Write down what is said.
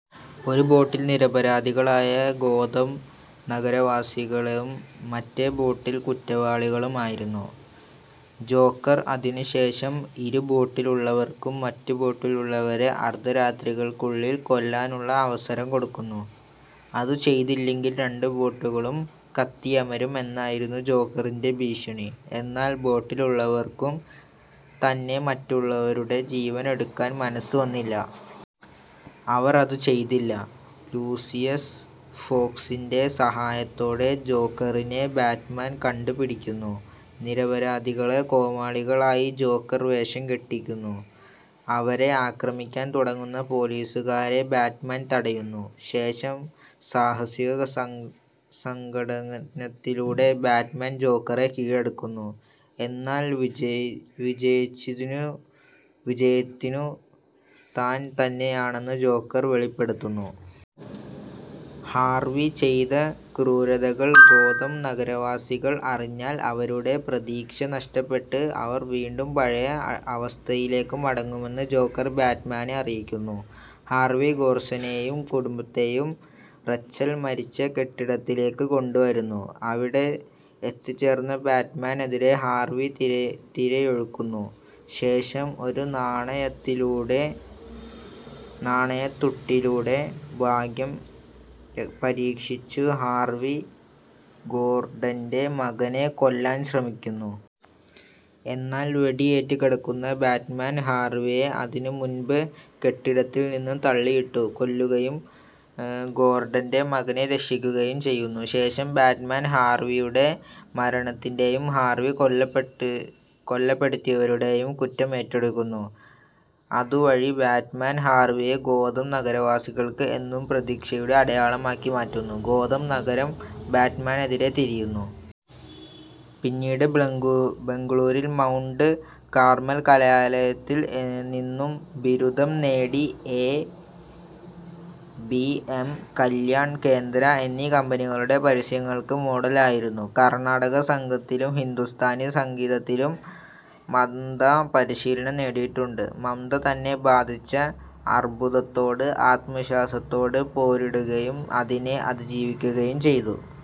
ഒരു ബോട്ടിൽ നിരപരാധികളായ ഗോതം നഗരവാസികളും മറ്റേ ബോട്ടിൽ കുറ്റവാളികളും ആയിരുന്നു. ജോക്കർ അതിനു ശേഷം ഇരു ബോട്ടിലുള്ളവർക്കും മറുബോട്ടിലുള്ളവരെ അർദ്ധരാത്രിക്കുള്ളിൽ കൊല്ലാനുള്ള അവസരം കൊടുക്കുന്നു. അതു ചെയ്തില്ലെങ്കിൽ രണ്ടു ബോട്ടുകളും കത്തിയമരും എന്നായിരുന്നു ജോക്കറിന്റെ ഭീഷണി. എന്നാൽ ബോട്ടിലുല്ലവർക്കർക്കും തന്നെ മറ്റുള്ളവരുടെ ജീവൻ എടുക്കാൻ മനസ്സ് വന്നില്ല. അവർ അതു ചെയ്തില്ല. ലൂസിയസ് ഫോക്സിന്റെ സഹായത്തോടെ ജോക്കറിനെ ബാറ്റ്മാൻ കണ്ടു പിടിക്കുന്നു. നിരപരാധികളെ കോമാളികളായി ജോക്കർ വേഷം കെട്ടിക്കുന്നു. അവരെ ആക്രമിക്കാൻ തുടങ്ങുന്ന പോലീസുകാരെ ബാറ്റ്മാൻ തടയുന്നു. ശേഷം സാഹസിക സംഘട്ടനത്തിലൂടെ ബാറ്റ്മാൻ ജോക്കറെ കീഴടക്കുന്നു. എന്നാൽ വിജയിച്ചതു താൻ തന്നെയാണെന്ന് ജോക്കർ വെളിപെടുത്തുന്നു. ഹാർവി ചെയ്ത ക്രൂരകൃത്യങ്ങൾ ഗോതം നഗരവാസികൾ അറിഞ്ഞാൽ അവരുടെ പ്രതീക്ഷ നഷ്ടപ്പെട്ട് അവർ വീണ്ടും പഴയ അവസ്ഥയിലേക് മടങ്ങുമെന്ന് ജോക്കർ ബാറ്റ്മാനെ അറിയിക്കുന്നു. ഹാർവി ഗോർഡനെയും കുടുംബത്തെയും റെച്ചൽ മരിച്ച കെട്ടിടത്തിലേക്ക് കൊണ്ടുവരുന്നു. അവിടെ എത്തിച്ചേർന്ന ബാറ്റ്മാനെതിരെ ഹാർവി തിരയൊഴിക്കുന്നു. ശേഷം ഒരു നാണയതുട്ടിലൂടെ ഭാഗ്യം പരീക്ഷിച്ചു ഹാർവി ഗോർഡന്റെ മകനെ കൊല്ലാൻ ശ്രമിക്കുന്നു. എന്നാൽ വെടിയേറ്റ് കിടന്ന ബാറ്റ്മാൻ ഹർവിയെ അതിനു മുമ്പ് കെട്ടിടത്തിൽ നിന്ന് തള്ളിയിട്ടു കൊല്ലുകയും ഗോർഡന്റെ മകനെ രക്ഷിക്കുകയുംചെയ്യുന്നു. ശേഷം ബാറ്റ്മാൻ ഹാർവിയുടെ മരണത്തിന്റെയും ഹാർവി കൊലപെടുത്തിയവരുടെയും കുറ്റം ഏറ്റെടുക്കുന്നു. അതു വഴി ബാറ്റ്മാൻ ഹാർവിയെ ഗോതം നഗരവാസികൾക്ക് എന്നും പ്രതീക്ഷയുടെ അടയാളമാക്കി മാറ്റുന്നു. ഗോതം നഗരം ബാറ്റ്മാനെതിരെ തിരിയുന്നു. പിന്നീട് ബാംഗളൂരിൽ മൗണ്ട് കാർമൽ കലാലയത്തിൽ നിന്നു ബിരുദം നേടി. I. B. M, Kalyan Kendra എന്നീ കമ്പനികളുടെ പരസ്യങ്ങൾക്ക് മോഡലായിരുന്നു. കർണ്ണാട സംഗീതത്തിലും ഹിന്ദുസ്ഥാനി സംഗീതത്തിലും മംത പരിശീലനം നേടിയിട്ടുണ്ട്. മംത തന്നെ ബാധിച്ച അർബുദത്തോട് ആത്മവിശ്വാസത്തോടെ പോരാടുകയും അതിനെ അതിജീവിക്കുകയും ചെയ്തു.